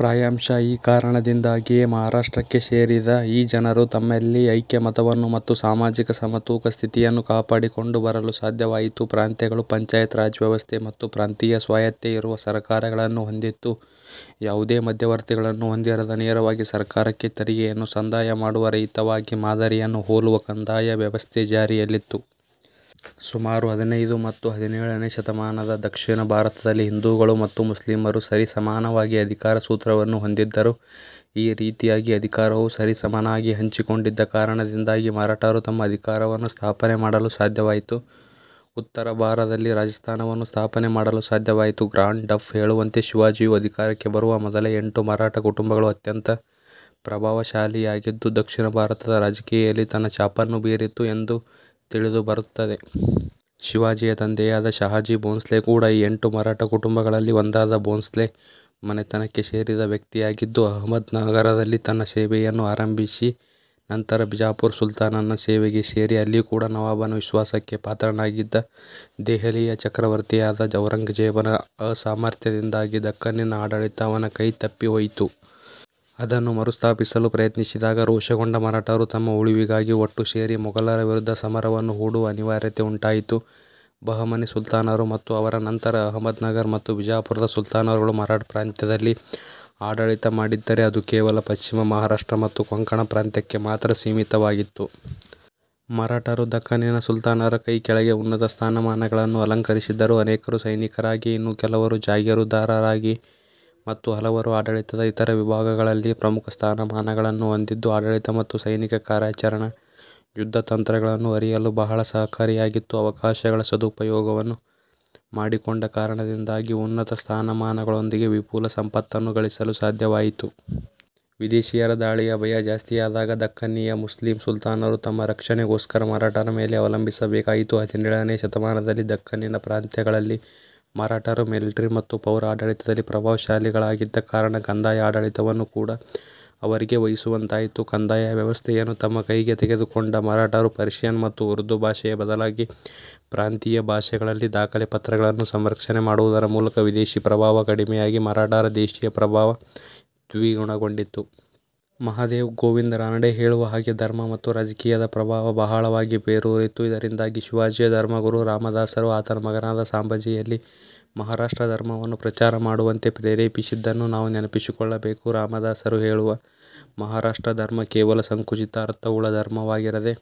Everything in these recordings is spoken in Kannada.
ಪ್ರಾಯಶಃ ಈ ಕಾರಣದಿಂದಾಗಿಯೇ ಮಹಾರಾಷ್ಟ್ರಕ್ಕೆ ಸೇರಿದ ಈ ಜನರು ತಮ್ಮಲ್ಲಿ ಐಕ್ಯಮತ್ಯವನ್ನು ಮತ್ತು ಸಾಮಾಜಿಕ ಸಮತೂಕ ಸ್ಥಿತಿಯನ್ನು ಕಾಪಾಡಿಕೊಂಡು ಬರಲು ಸಾಧ್ಯವಾಯಿತು. ಪ್ರಾಂತ್ಯಗಳು ಪಂಚಾಯತ್ ರಾಜ್ಯವ್ಯವಸ್ಥೆ ಮತ್ತು ಪ್ರಾಂತೀಯ ಸ್ವಾಯತ್ತೆ ಇರುವ ಸರಕಾರಗಳನ್ನು ಹೊಂದಿತ್ತು. ಯಾವುದೇ ಮಧ್ಯವರ್ತಿಗಳನ್ನು ಹೊಂದಿರದ, ನೇರವಾಗಿ ಸರಕಾರಕ್ಕೆ ತೆರಿಗೆಯನ್ನು ಸಂದಾಯ ಮಾಡುವ, ರೈತವಾಗಿ ಮಾದರಿಯನ್ನು ಹೋಲುವ ಕಂದಾಯ ವ್ಯವಸ್ಥೆ ಜಾರಿಯಲ್ಲಿತ್ತು. ಸುಮಾರು ಹದಿನೈದು ಮತ್ತು ಹದಿನೇಳನೆಯ ಶತಮಾನದ ದಕ್ಷಿಣ ಭಾರತದಲ್ಲಿ ಹಿಂದುಗಳು ಮತ್ತು ಮುಸ್ಲಿಮರು ಸರಿಸಮಾನವಾಗಿ ಅಧಿಕಾರ ಸೂತ್ರವನ್ನು ಹೊಂದಿದ್ದರು. ಈ ರೀತಿಯಾಗಿ ಅಧಿಕಾರವು ಸರಿಸಮನಾಗಿ ಹಂಚಿಕೊಂಡಿದ್ದ ಕಾರಣದಿಂದಾಗಿ ಮರಾಠರು ತಮ್ಮ ಅಧಿಕಾರವನ್ನು ಸ್ಥಾಪನೆ ಮಾಡಲು ಸಾಧ್ಯವಾಯಿತು. ಉತ್ತರ ಭಾರದಲ್ಲಿ ರಾಜಸ್ಥಾನವನ್ನು ಸ್ಥಾಪನೆ ಮಾಡಲು ಸಾಧ್ಯವಾಯಿತು. ಗ್ರಾಂಡ್ ಢಪ್ ಹೇಳುವಂತೆ ಶಿವಾಜಿಯು ಅಧಿಕಾರಕ್ಕೆ ಬರುವ ಮೊದಲೇ ಎಂಟು ಮರಾಠ ಕುಟುಂಬಗಳು ಅತ್ಯಂತ ಪ್ರಭಾವಶಾಲಿಯಾಗಿದ್ದು ದಕ್ಷಿಣ ಭಾರತದ ರಾಜಕೀಯದಲ್ಲಿ ತನ್ನ ಛಾಪನ್ನು ಬೀರಿತ್ತು ಎಂದು ತಿಳಿದು ಬರುತ್ತದೆ. ಶಿವಾಜಿಯ ತಂದೆಯಾದ ಷಹಾಜಿ ಬೋಂಸ್ಲೆ ಕೂಡಾ ಈ ಎಂಟು ಮರಾಠ ಕುಟುಂಬಗಳಲ್ಲಿ ಒಂದಾದ ಭೋಂಸ್ಲೆ ಮನೆತನಕ್ಕೆ ಸೇರಿದ ವ್ಯಕ್ತಿಯಾಗಿದ್ದು, ಅಹಮದ್ ನಗರದಲ್ಲಿ ತನ್ನ ಸೇವೆಯನ್ನು ಆರಂಭಿಸಿ ನಂತರ ಬಿಜಾಪುರ ಸುಲ್ತಾನನ ಸೇವೆಗೆ ಸೇರಿ ಅಲ್ಲಿ ಕೂಡಾ ನವಾಬನ ವಿಶ್ವಾಸಕ್ಕೆ ಪಾತ್ರನಾಗಿದ್ದ. ದೆಹಲಿಯ ಚಕ್ರವರ್ತಿಯಾದ ಔರಂಗಜೇಬನ ಅಸಾಮರ್ಥ್ಯದಿಂದಾಗಿ ದಖ್ಖನಿನ ಆಡಳಿತ ಅವನೆ ಕೈ ತಪ್ಪಿಹೋಯಿತು. ಅದನ್ನು ಮರುಸ್ಥಾಪಿಸಲು ಪ್ರಯತ್ನಿಸಿದಾಗ ರೋಷಗೊಂಡ ಮರಾಠರು ತಮ್ಮ ಉಳಿವಿಗಾಗಿ ಒಟ್ಟು ಸೇರಿ ಮೊಗಲರ ವಿರುದ್ಧ ಸಮರವನ್ನು ಹೂಡುವ ಅನಿವಾರ್ಯತೆ ಉಂಟಾಯಿತು. ಬಹಮನಿ ಸುಲ್ತಾನರು ಮತ್ತು ಅವರ ನಂತರ ಅಹಮ್ಮದ್ ನಗರ ಮತ್ತು ಬಿಜಾಪುರದ ಸುಲ್ತಾನರುಗಳು ಮರಾಠ ಪ್ರಾಂತ್ಯದಲ್ಲಿ ಆಡಳಿತ ಮಾಡಿದ್ದರೆ ಅದು ಕೇವಲ ಪಶ್ಚಿಮ ಮಹಾರಾಷ್ಟ್ರ ಮತ್ತು ಕೊಂಕಣ ಪ್ರಾಂತ್ಯಕ್ಕೆ ಮಾತ್ರ ಸೀಮಿತವಾಗಿತ್ತು. ಮರಾಠರು ದಖ್ಖನ್ನಿನ ಸುಲ್ತಾನರ ಕೈಕೆಳಗೆ ಉನ್ನತ ಸ್ಥಾನಮಾನಗಳನ್ನು ಅಲಂಕರಿಸಿದ್ದರು. ಅನೇಕರು ಸೈನಿಕರಾಗಿ, ಇನ್ನು ಕೆಲವರು ಜಾಗೀರುದಾರರಾಗಿ ಮತ್ತು ಹಲವರು ಆಡಳಿತದ ಇತರ ವಿಭಾಗಗಳಲ್ಲಿ ಪ್ರಮುಖ ಸ್ಥಾನ ಮಾನಗಳನ್ನು ಹೊಂದಿದ್ದು ಆಡಳಿತ ಮತ್ತು ಸೈನಿಕ ಕಾರ್ಯಾಚರಣ, ಯುದ್ಧ ತಂತ್ರಗಳನ್ನು ಅರಿಯಲು ಬಹಳ ಸಹಕಾರಿಯಾಗಿತ್ತು. ಅವಕಾಶಗಳ ಸದುಪಯೋಗವನ್ನು ಮಾಡಿಕೊಂಡ ಕಾರಣದಿಂದಾಗಿ ಉನ್ನತ ಸ್ಥಾನಮಾನಗಳೊಂದಿಗೆ ವಿಪುಲ ಸಂಪತ್ತನ್ನು ಗಳಿಸಲು ಸಾಧ್ಯವಾಯಿತು. ವಿದೇಶಿಯರ ದಾಳಿಯ ಭಯ ಜಾಸ್ತಿಯಾದಾಗ ದಖ್ಖನಿಯ ಮುಸ್ಲಿಮ್ ಸುಲ್ತಾನರು ತಮ್ಮ ರಕ್ಷಣೆಗೋಸ್ಕರ ಮರಾಠರ ಮೇಲೆ ಅವಲಂಬಿಸಬೇಕಾಯಿತು. ಹದಿನೇಳನೆಯ ಶತಮಾನದಲ್ಲಿ ದಖ್ಖನಿನ ಪ್ರಾಂತ್ಯಗಳಲ್ಲಿ ಮರಾಠರು ಮಿಲಿಟಿ ಮತ್ತು ಪೌರ ಆಡಳಿತದಲ್ಲಿ ಪ್ರಭಾವಶಾಲಿಗಳಾಗಿದ್ದ ಕಾರಣ ಕಂದಾಯ ಆಡಳಿತವನ್ನು ಕೂಡಾ ಅವರಿಗೇ ವಹಿಸುವಂತಾಯ್ತು. ಕಂದಾಯ ವ್ಯವಸ್ಥೆಯನ್ನು ತಮ್ಮ ಕೈಗೆ ತೆಗೆದುಕೊಂಡ ಮರಾಠರು ಪರ್ಶಿಯನ್ ಮತ್ತು ಉರ್ದು ಭಾಷೆಯ ಬದಲಾಗಿ ಪ್ರಾಂತೀಯ ಭಾಷೆಗಳಲ್ಲಿ ದಾಖಲೆ ಪತ್ರಗಳನ್ನು ಸಂರಕ್ಷಣೆ ಮಾಡುವುದರ ಮೂಲಕ ವಿದೇಶಿ ಪ್ರಭಾವ ಕಡಿಮೆಯಾಗಿ ಮರಾಠರ ದೇಶಿಯ ಪ್ರಭಾವ ದ್ವಿಗುಣಗೊಂಡಿತು. ಮಹಾದೇವ ಗೋವಿಂದ ರಾನಡೆ ಹೇಳುವ ಹಾಗೆ ಧರ್ಮ ಮತ್ತು ರಾಜಕೀಯದ ಪ್ರಭಾವ ಬಹಳವಾಗಿ ಬೇರೂರಿತ್ತು. ಇದರಿಂದಾಗಿ ಶಿವಾಜಿಯ ಧರ್ಮಗುರು ರಾಮದಾಸರು ಆತನ ಮಗನಾದ ಸಾಂಬಾಜಿಯಲ್ಲಿ ಮಹಾರಾಷ್ಟ್ರ ಧರ್ಮವನ್ನು ಪ್ರಚಾರ ಮಾಡುವಂತೆ ಪ್ರೇರೆಪಿಸಿದ್ದನ್ನು ನಾವು ನೆನಪಿಸಿಕೊಳ್ಳಬೇಕು. ರಾಮದಾಸರು ಹೇಳುವ ಮಹಾರಾಷ್ಟ್ರ ಧರ್ಮ ಕೇವಲ ಸಂಕುಚಿತ ಅರ್ಥವುಳ್ಳ ಧರ್ಮವಾಗಿರದೆ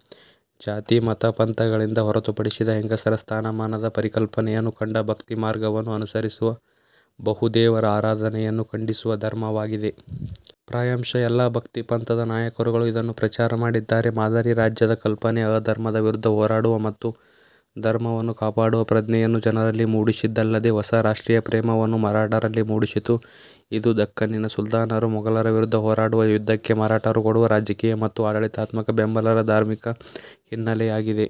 ಜಾತಿ ಮತ ಪಂಥಗಳಿಂದ ಹೊರತುಪಡಿಸಿದ, ಹೆಂಗಸರ ಸ್ಥಾನಮಾನದ ಪರಿಕಲ್ಪನೆಯನ್ನು ಕಂಡ, ಭಕ್ತಿಮಾರ್ಗವನ್ನು ಅನುಸರಿಸುವ, ಬಹುದೇವರ ಆರಾಧನೆಯನ್ನು ಖಂಡಿಸುವ ಧರ್ಮವಾಗಿದೆ. ಪ್ರಾಯಶಃ ಎಲ್ಲ ಭಕ್ತಿಪಂಥದ ನಾಯಕರುಗಳು ಇದನ್ನು ಪ್ರಚಾರ ಮಾಡಿದ್ದಾರೆ. ಮಾದರಿ ರಾಜ್ಯದ ಕಲ್ಪನೆ, ಅಧರ್ಮದ ವಿರುದ್ಧ ಹೋರಾಡುವ ಮತ್ತು ಧರ್ಮವನ್ನು ಕಾಪಾಡುವ ಪ್ರಜ್ಞೆಯನ್ನು ಜನರಲ್ಲಿ ಮೂಡಿಸಿದ್ದಲ್ಲದೆ ಹೊಸ ರಾಷ್ಟ್ರೀಯ ಪ್ರೇಮವನ್ನು ಮರಾಠರಲ್ಲಿ ಮೂಡಿಸಿತು. ಇದು ದಖ್ಖನಿನ ಸುಲ್ತಾನರು ಮೊಗಲರ ವಿರುದ್ಧ ಹೋರಾಡುವ ಯುದ್ಧಕ್ಕೆ ಮರಾಠರು ಕೊಡುವ ರಾಜಕೀಯ ಮತ್ತು ಆಡಳಿತಾತ್ಮಕ ಬೆಂಬಲರ ಧಾರ್ಮಿಕ ಹಿನ್ನೆಲೆಯಾಗಿದೆ.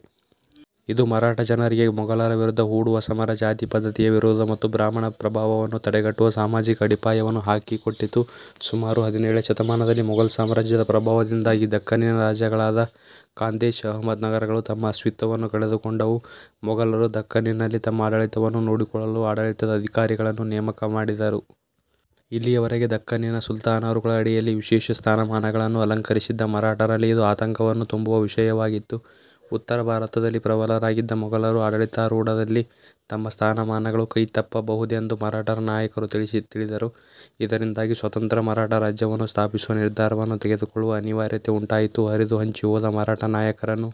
ಇದು ಮರಾಠ ಜನರಿಗೆ ಮೊಗಲರ ವಿರುದ್ಧ ಹೂಡುವ ಸಮರ, ಜಾತಿಪದ್ಧತಿಯ ವಿರೋಧ ಮತ್ತು ಬ್ರಾಹ್ಮಣ ಪ್ರಭಾವವನ್ನು ತಡೆಗಟ್ಟುವ ಸಾಮಾಜಿಕ ಅಡಿಪಾಯವನ್ನು ಹಾಕಿ ಕೊಟ್ಟಿತು. ಸುಮಾರು ಹದಿನೇಳನೆಯ ಶತಮಾನದಲ್ಲಿ ಮೊಗಲ್ ಸಾಮ್ರಾಜ್ಯದ ಪ್ರಭಾವದಿಂದಾಗಿ ದಖ್ಖನ್ನಿನ ರಾಜ್ಯಗಳಾದ ಖಾಂದೇಶ, ಅಹಮ್ಮದ್ ನಗರಗಳು ತಮ್ಮ ಅಸ್ತಿತ್ವವನ್ನು ಕಳೆದುಕೊಂಡವು. ಮೊಗಲರು ದಖ್ಖನಿನಲ್ಲಿ ತಮ್ಮ ಆಡಳಿತವನ್ನು ನೋಡಿಕೊಳ್ಳಲು ಆಡಳಿತದ ಅಧಿಕಾರಿಗಳನ್ನು ನೇಮಕ ಮಾಡಿದರು. ಇಲ್ಲಿಯವರೆಗೆ ದಖ್ಖನ್ನಿನ ಸುಲ್ತಾನರುಗಳಡಿಯಲ್ಲಿ ವಿಶೇಷ ಸ್ಥಾನಮಾನಗಳನ್ನು ಅಲಂಕರಿಸಿದ್ದ ಮರಾಠರಲ್ಲಿ ಇದು ಆತಂಕವನ್ನು ತುಂಬುವ ವಿಷಯವಾಗಿತ್ತು. ಉತ್ತರ ಭಾರತದಲ್ಲಿ ಪ್ರಬಲರಾಗಿದ್ದ ಮೊಗಲರು ಆಡಳಿತಾರೂಢರಾದಲ್ಲಿ ತಮ್ಮ ಸ್ಥಾನಮಾನಗಳು ಕೈ ತಪ್ಪಬಹುದೆಂದು ಮರಾಠ ನಾಯಕರು ತಿಳಿದರು. ಇದರಿಂದಾಗಿ ಸ್ವತಂತ್ರ ಮರಾಠ ರಾಜ್ಯವನ್ನು ಸ್ಥಾಪಿಸುವ ನಿರ್ಧಾರವನ್ನು ತೆಗೆದುಕೊಳ್ಳುವ ಅನಿವಾರ್ಯತೆ ಉಂಟಾಯಿತು. ಹರಿದು ಹಂಚಿ ಹೋದ ಮರಾಠ ನಾಯಕರನ್ನು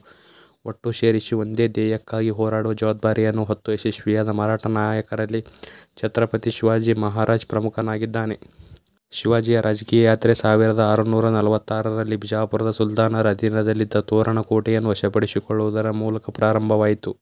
ಒಟ್ಟು ಸೇರಿಸಿ ಒಂದೇ ಧ್ಯೇಯಕ್ಕಾಗಿ ಹೋರಾಡುವ ಜವಾಬ್ದಾರಿಯನ್ನು ಹೊತ್ತು ಯಶಸ್ವಿಯಾದ ಮರಾಠ ನಾಯಕರಲ್ಲಿ ಛತ್ರಪತಿ ಶಿವಾಜಿ ಮಹಾರಾಜ ಪ್ರಮುಖನಾಗಿದ್ದಾನೆ. ಶಿವಾಜಿಯ ರಾಜಕೀಯ ಯಾತ್ರೆ ಸಾವಿರದ ಆರುನೂರಾ ನಲವತ್ತಾರರಲ್ಲಿ ಬಿಜಾಪುರದ ಸುಲ್ತಾನರ ಅಧೀನದಲ್ಲಿದ್ದ ತೋರಣಕೋಟೆಯನ್ನು ವಶಪಡಿಸಿಕೊಳ್ಳುವುದರ ಮೂಲಕ ಪ್ರಾರಂಭವಾಯಿತು.